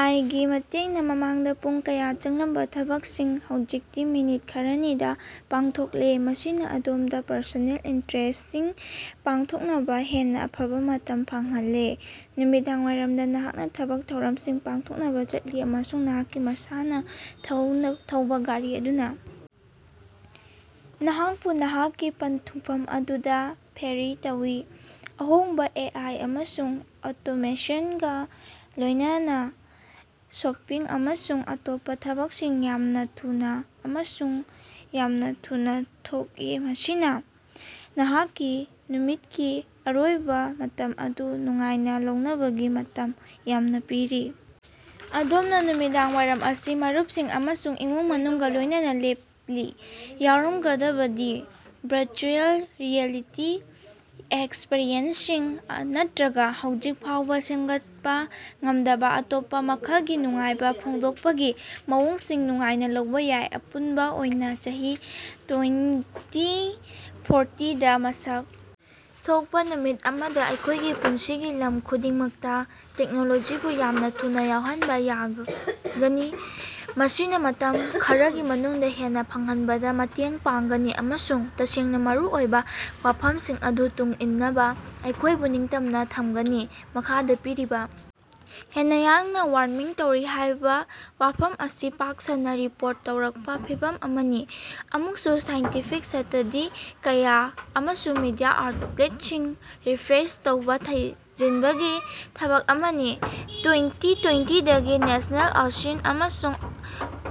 ꯑꯥꯏ ꯒꯤ ꯃꯇꯦꯡꯅ ꯃꯃꯥꯡꯗ ꯄꯨꯡ ꯀꯌꯥ ꯆꯪꯂꯝꯕ ꯊꯕꯛꯁꯤꯡ ꯍꯧꯖꯤꯛꯇꯤ ꯃꯤꯅꯤꯠ ꯈꯔꯅꯤꯗ ꯄꯥꯡꯊꯣꯛꯂꯦ ꯃꯁꯤꯅ ꯑꯗꯣꯝꯗ ꯄꯔꯁꯣꯅꯦꯜ ꯏꯟꯇꯔꯦꯁꯁꯤꯡ ꯄꯥꯡꯊꯣꯛꯅꯕ ꯍꯦꯟꯅ ꯑꯐꯕ ꯃꯇꯝ ꯐꯪꯍꯜꯂꯦ꯫ ꯅꯨꯃꯤꯗꯥꯡꯋꯥꯏꯔꯝꯗ ꯅꯍꯥꯛꯅ ꯊꯕꯛ ꯊꯧꯔꯝꯁꯤꯡ ꯄꯥꯡꯊꯣꯛꯅꯕ ꯆꯠꯂꯤ ꯑꯃꯁꯨꯡ ꯅꯍꯥꯛꯀꯤ ꯃꯁꯥꯅ ꯊꯧꯕ ꯒꯥꯔꯤ ꯑꯗꯨꯅ ꯅꯍꯥꯛꯄꯨ ꯅꯍꯥꯛꯀꯤ ꯄꯟꯊꯨꯡꯐꯝ ꯑꯗꯨꯗ ꯐꯦꯔꯤ ꯇꯧꯏ꯫ ꯑꯍꯣꯡꯕ ꯑꯦ ꯑꯥꯏ ꯑꯃꯁꯨꯡ ꯑꯣꯇꯣꯃꯦꯁꯟꯒ ꯂꯣꯏꯅꯅ ꯁꯣꯄꯤꯡ ꯑꯃꯁꯨꯡ ꯑꯇꯣꯞꯄ ꯊꯕꯛꯁꯤꯡ ꯌꯥꯝꯅ ꯊꯨꯅꯥ ꯑꯃꯁꯨꯡ ꯌꯥꯝꯅ ꯊꯨꯅꯥ ꯊꯣꯛꯏ ꯃꯁꯤꯅ ꯅꯍꯥꯛꯀꯤ ꯅꯨꯃꯤꯠꯀꯤ ꯑꯔꯣꯏꯕ ꯃꯇꯝ ꯑꯗꯨ ꯅꯨꯡꯉꯥꯏꯅ ꯂꯧꯅꯕꯒꯤ ꯃꯇꯝ ꯌꯥꯝꯅ ꯄꯤꯔꯤ꯫ ꯑꯗꯣꯝꯅ ꯅꯨꯃꯤꯗꯥꯡꯋꯥꯏꯔꯝ ꯑꯁꯤ ꯃꯔꯨꯞꯁꯤꯡ ꯑꯃꯁꯨꯡ ꯏꯃꯨꯡ ꯃꯅꯨꯡꯒ ꯂꯣꯏꯅꯅ ꯂꯦꯞꯂꯤ ꯌꯥꯎꯔꯝꯒꯗꯕꯗꯤ ꯚꯔꯆꯨꯑꯦꯜ ꯔꯤꯌꯦꯂꯤꯇꯤ ꯑꯦꯛꯁꯄꯔꯤꯌꯦꯟꯁꯁꯤꯡ ꯅꯠꯇ꯭ꯔꯒ ꯍꯧꯖꯤꯛ ꯐꯥꯎꯕ ꯁꯦꯝꯒꯠꯄ ꯉꯝꯗꯕ ꯑꯇꯣꯞꯄ ꯃꯈꯜꯒꯤ ꯅꯨꯡꯉꯥꯏꯕ ꯐꯣꯡꯗꯣꯛꯄꯒꯤ ꯃꯑꯣꯡꯁꯤꯡ ꯅꯨꯡꯉꯥꯏꯅ ꯂꯧꯕ ꯌꯥꯏ꯫ ꯑꯄꯨꯟꯕ ꯑꯣꯏꯅ ꯆꯍꯤ ꯇꯣꯏꯟꯇꯤ ꯐꯣꯔꯇꯤ ꯗ ꯃꯁꯛ ꯊꯣꯛꯄ ꯅꯨꯃꯤꯠ ꯑꯃꯗ ꯑꯩꯈꯣꯏꯒꯤ ꯄꯨꯟꯁꯤꯒꯤ ꯂꯝ ꯈꯨꯗꯤꯡꯃꯛꯇ ꯇꯦꯛꯅꯣꯂꯣꯖꯤꯕꯨ ꯌꯥꯝꯅ ꯊꯨꯅꯥ ꯌꯥꯎꯍꯟꯕ ꯌꯥꯎꯒꯅꯤ ꯃꯁꯤꯅ ꯃꯇꯝ ꯈꯔꯒꯤ ꯃꯅꯨꯡꯗ ꯍꯦꯟꯅ ꯐꯪꯍꯟꯕꯗ ꯃꯇꯦꯡ ꯄꯥꯡꯒꯅꯤ ꯑꯃꯁꯨꯡ ꯇꯁꯦꯡꯅ ꯃꯔꯨ ꯑꯣꯏꯕ ꯋꯥꯐꯝꯁꯤꯡ ꯑꯗꯨ ꯇꯨꯡ ꯏꯟꯅꯕ ꯑꯩꯈꯣꯏꯕꯨ ꯅꯤꯡꯇꯝꯅ ꯊꯝꯒꯅꯤ꯫ ꯃꯈꯥꯗ ꯄꯤꯔꯤꯕ ꯍꯦꯟꯅ ꯌꯥꯡꯅ ꯋꯥꯔꯃꯤꯡ ꯇꯧꯔꯤ ꯍꯥꯏꯕ ꯋꯥꯐꯝ ꯑꯁꯤ ꯄꯥꯛ ꯁꯟꯅ ꯔꯤꯄꯣꯔꯠ ꯇꯧꯔꯛꯄ ꯐꯤꯚꯝ ꯑꯃꯅꯤ ꯑꯃꯁꯨꯡ ꯁꯥꯏꯟꯇꯤꯐꯤꯛ ꯁꯇꯗꯤ ꯀꯌꯥ ꯑꯃꯁꯨꯡ ꯃꯤꯗꯤꯌꯥ ꯑꯥꯎꯠꯂꯦꯠꯁꯤꯡꯅ ꯔꯤꯐꯔꯦꯟꯁ ꯇꯧꯕ ꯊꯤꯖꯤꯟꯕꯒꯤ ꯊꯕꯛ ꯑꯃꯅꯤ꯫ ꯇꯣꯏꯟꯇꯤ ꯇꯣꯏꯟꯇꯤ ꯗꯒꯤ ꯅꯦꯁꯅꯦꯜ ꯑꯣꯁꯤꯟ ꯑꯃꯁꯨꯡ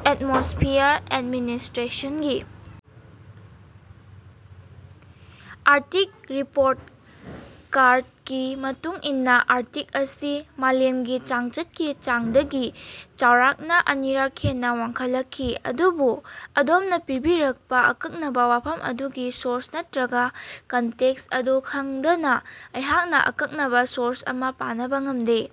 ꯑꯦꯠꯃꯣꯁꯐꯤꯌꯔ ꯑꯦꯠꯃꯤꯅꯤꯁꯇ꯭ꯔꯦꯁꯟꯒꯤ ꯑꯥꯔꯇꯤꯛ ꯔꯤꯄꯣꯔꯠ ꯀꯥꯔꯠꯀꯤ ꯃꯇꯨꯡ ꯏꯟꯅ ꯑꯥꯔꯇꯤꯛ ꯑꯁꯤ ꯃꯥꯂꯦꯝꯒꯤ ꯆꯥꯡꯆꯠꯀꯤ ꯆꯥꯡꯗꯒꯤ ꯆꯥꯎꯔꯥꯛꯅ ꯑꯅꯤꯔꯛ ꯍꯦꯟꯅ ꯋꯥꯡꯈꯠꯂꯛꯈꯤ꯫ ꯑꯗꯨꯕꯨ ꯑꯗꯣꯝꯅ ꯄꯤꯕꯤꯔꯛꯄ ꯑꯀꯛꯅꯕ ꯋꯥꯐꯝ ꯑꯗꯨꯒꯤ ꯁꯣꯔꯁ ꯅꯠꯇ꯭ꯔꯒ ꯀꯟꯇꯦꯛꯁ ꯑꯗꯨ ꯈꯪꯗꯅ ꯑꯩꯍꯥꯛꯅ ꯑꯀꯛꯅꯕ ꯁꯣꯔꯁ ꯑꯃ ꯄꯅꯕꯥ ꯉꯃꯗꯦ꯫